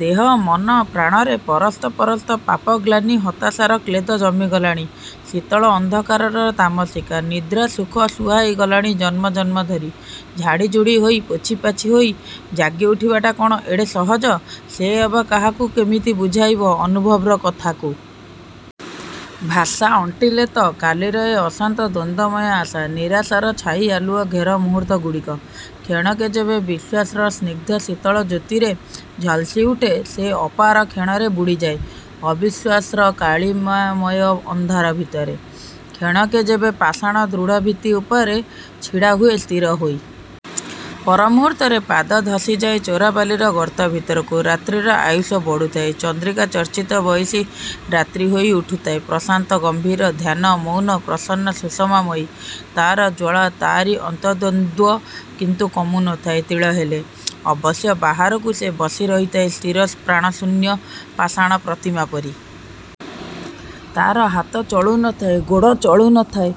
ଦେହ ମନ ପ୍ରାଣରେ ପରସ୍ତ ପରସ୍ତ ପାପ ଗ୍ଳାନୀ ହତାସାର କ୍ଳେଦ ଜମି ଗଲାଣି! ଶୀତଳ ଅନ୍ଧକାରର ତାମଶିକ– ନିଦ୍ରାସୁଖ ସୁହାଇ ଗଲାଣି ଜନ୍ମ ଜନ୍ମ ଧରି। ଝାଡ଼ି ଝୁଡ଼ି ହୋଇ, ପୋଛି ପାଛି ହୋଇ ଯାଗି ଉଠିବାଟା, କ'ଣ ଏଡ଼େ ସହଜ? ସେ ଅବା କାହାକୁ କେମିତି ବୁଝାଇବ ଅନୁଭବର କଥାକୁ? ଭାଷା ଅଣ୍ଟିଲେତ! କାଲିର ସେ ଅଶାନ୍ତ ଦ୍ୱନ୍ଦ୍ୱମୟ ଆଶା। ନିରାଶାର ଛାଈ ଆଲୁଅ ଘେରା ମୁହୂର୍ତ୍ତ ଗୁଡ଼ିକ, କ୍ଷଣକେ ଯେବେ ବିଶ୍ୱାସର ସ୍ନିଗ୍ଧ ଶୀତଳ ଜ୍ୟୋତିରେ ଝଲସି ଉଠେ ସେ! ଅପର କ୍ଷଣରେ ବୁଡ଼ିଯାଏ ଅବିଶ୍ୱାସର କାଳିମାମୟ ଅନ୍ଧାର ଭିତରେ। କ୍ଷଣକେ ଯେବେ ପାଷାଣ ଦୃଢ଼ ଭିତ୍ତି ଉପରେ ଛିଡ଼ା ହୁଏ ସ୍ଥିର ହୋଇ! ପର ମୁହୂର୍ତ୍ତରେ ପାଦ ଧସି ଯାଏ ଚୋରା ବାଲିର ଗର୍ତ୍ତ ଭିତରକୁ-। ରାତ୍ରିର ଆୟୁଷ ବଢ଼ୁଥାଏ ଚନ୍ଦ୍ରିକା ଚର୍ଚ୍ଚିତ ବୟସୀ ରାତ୍ରି ହୋଇ ଉଠୁଥାଏ ପ୍ରସାନ୍ତ ଗମ୍ଭୀର, ଧ୍ୟାନ-ମୌନ, ପ୍ରସନ୍ନ-ସୁଷମାମୟୀ। ତା'ର ଜ୍ୱାଳା, ତା'ରି ଅନ୍ତଦ୍ୱନ୍ଦ୍ୟ କିନ୍ତୁ କମୁ ନଥାଏ ତିଳେ ହେଲେ। ଅବସ୍ୟ ବାହାରକୁ, ସେ ବସି ରହିଥାଏ ସ୍ଥିର ପ୍ରାଣଶୂନ୍ୟ ପାଷାଣ ପ୍ରତିମା ପରି। ତା'ର ହାତ ଚଳୁ ନଥାଏ, ଗୋଡ଼ ଚଳୁ ନଥାଏ,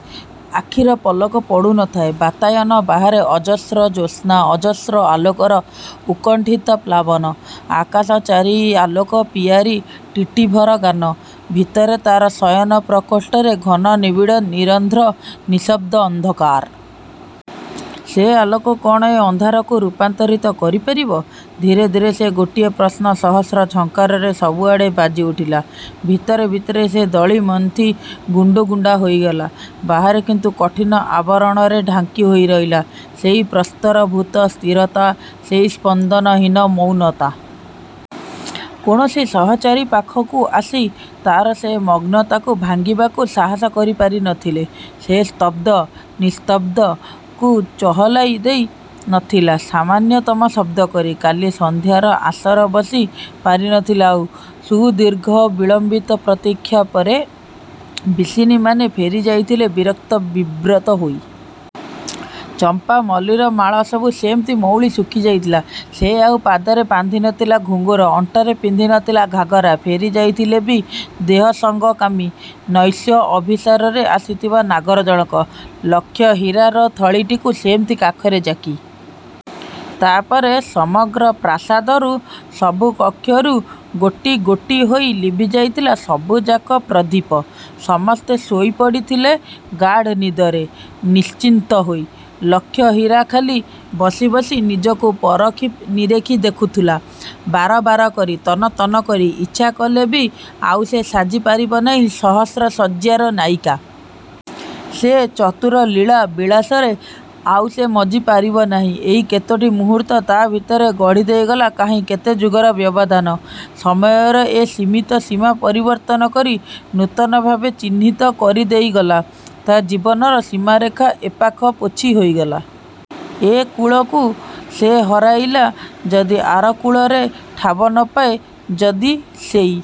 ଆଖିରେ ପଲକ ପଡ଼ୁ ନଥାଏ। ବାତାୟନ ବାହାରେ ଅଜସ୍ର ଜ୍ୟୋତ୍ସ୍ନା ଅଜସ୍ର ଆଲୋକର ଅକୁଣ୍ଠିତ ପ୍ଳାବନ! ଆକାଶ-ଚାରି ଆଲୋକ ପିୟାରି ଟିଟିଭର ଗାନ। ଭିତରେ ତା'ର ଶୟନ ପ୍ରକୋଷ୍ଟରେ ଘନ ନିବିଡ଼ ନିରନ୍ଧ୍ର ନିଃଶବ୍ଦ ଅନ୍ଧକାର। ସେ ଆଲୋକ କ'ଣ ଏ ଅନ୍ଧାରକୁ ରୂପାନ୍ତରିତ କରି ପାରିବ-? ଧୀରେ ଧୀରେ ସେଇ ଗୋଟିଏ ପ୍ରଶ୍ନ ସହସ୍ର ଝଙ୍କାରରେ, ସବୁ ଆଡ଼େ ବାଜି ଉଠିଲା। ଭିତରେ ଭିତରେ ସେ ଦଳି ମନ୍ଥି ଗୁଣ୍ଡୁ, ଗୁଣ୍ଡା ହୋଇଗଲା। ବାହାରେ କିନ୍ତୁ କଠିନ ଆବରଣରେ ଢାଙ୍କି ହୋଇ ରହିଲା, ସେଇ ପ୍ରସ୍ତରିଭୂତ ସ୍ଥିରତା, ସେଇ ସ୍ପନ୍ଦନହୀନ ମୌନତା। କୌଣସି ସହଚରୀ ପାଖକୁ ଆସି, ତା'ର ସେ ମଗ୍ନତାକୁ ଭାଙ୍ଗିବାକୁ ସାହସ କରି ପାରି ନଥିଲେ। ସେ ସ୍ତବ୍ଧ–ନିସ୍ତବ୍ଧତାକୁ ଚହଲାଇ ଦେଇ ନଥିଲେ, ସାମାନ୍ୟତମ ଶବ୍ଦ କରି। କାଲି ସନ୍ଧ୍ୟାର ଆସର ବସି ପାରିନଥିଲା ଆଉ। ସୁଦୀର୍ଘ ବିଳମ୍ୱିତ ପ୍ରତୀକ୍ଷା ପରେ ବିଶିନୀମାନେ ଫେରି ଯାଇଥିଲେ ବିରକ୍ତ ବିବ୍ରତ ହୋଇ। ଚମ୍ପା ମଲ୍ଲୀର ମାଳା ସବୁ ସେମିତି ମଉଳି ସୁଖି ଯାଇଥିଲା। ସେ ଆଉ ପାଦରେ ବାନ୍ଧି ନଥିଲା ଘୁଙ୍ଗୁର, ଅଣ୍ଟାରେ ପିନ୍ଧି ନଥିଲା ଘାଘରା। ଫେରି ଯାଇଥିଲେ ବି ଦେହ ସଙ୍ଗ-କାମୀ, ନୈଶ ଅଭିଶାରରେ ଆସିଥିବା ନାଗର ଜଣକ! ଲକ୍ଷହୀରାର ଥଳୀଟିକି ସେମିତି କାଖରେ ଯାକି। ତା'ପରେ ସମଗ୍ର ପ୍ରସାଦରୁ ସବୁ କକ୍ଷରୁ, ଗୋଟି ଗୋଟି ହୋଇ ଲିଭିଯାଇଥିଲା ସବୁଯାକ ପ୍ରଦୀପ। ସମସ୍ତେ ଶୋଇ ପଡ଼ିଥିଲେ ଗାଢ଼ ନିଦରେ, ନିଶ୍ଚିନ୍ତ ହୋଇ। ଲକ୍ଷହୀରା ଖାଲି ବସି ବସି ନିଜକୁ ପରଖି ନିରେଖି ଦେଖୁଥିଲା, ବାର ବାର କରି, ତନ୍ନ ତନ୍ନ କରି। ଇଚ୍ଛା କଲେ ବି ଆଉ ସେ ସାଜି ପାରିବ ନାହିଁ ସହସ୍ର ଶଯ୍ୟାର ନାୟୀକା। ସେ ଚତୁର-ଲୀଳା ବିଳାସରେ ଆଉ ସେ ମଜ୍ଜି ପାରିବ ନାହିଁ। ଏଇ କେତୋଟି ମୁହୂର୍ତ୍ତ, ତା' ଭିତରେ ଗଢ଼ି ଦେଇଗଲା, କାହିଁ କେତେ ଯୁଗର ବ୍ୟବଧାନ। ସମୟର ଏ ସିମିତ ସୀମା ପରିବର୍ତ୍ତନ କରି, ନୂତନଭାବେ ଚିହ୍ନିତ କରିଦେଇ ଗଲା, ତା' ଜୀବନର ସୀମାରେଖା। ଏପାଖ ପୋଛି ହୋଇଗଲା! ଏ କୁଳ ସେ ହରେଇଲା ଯଦି ଆର କୁଳରେ ଠାବ ନ ପାଏ? ଯଦି ସେଇ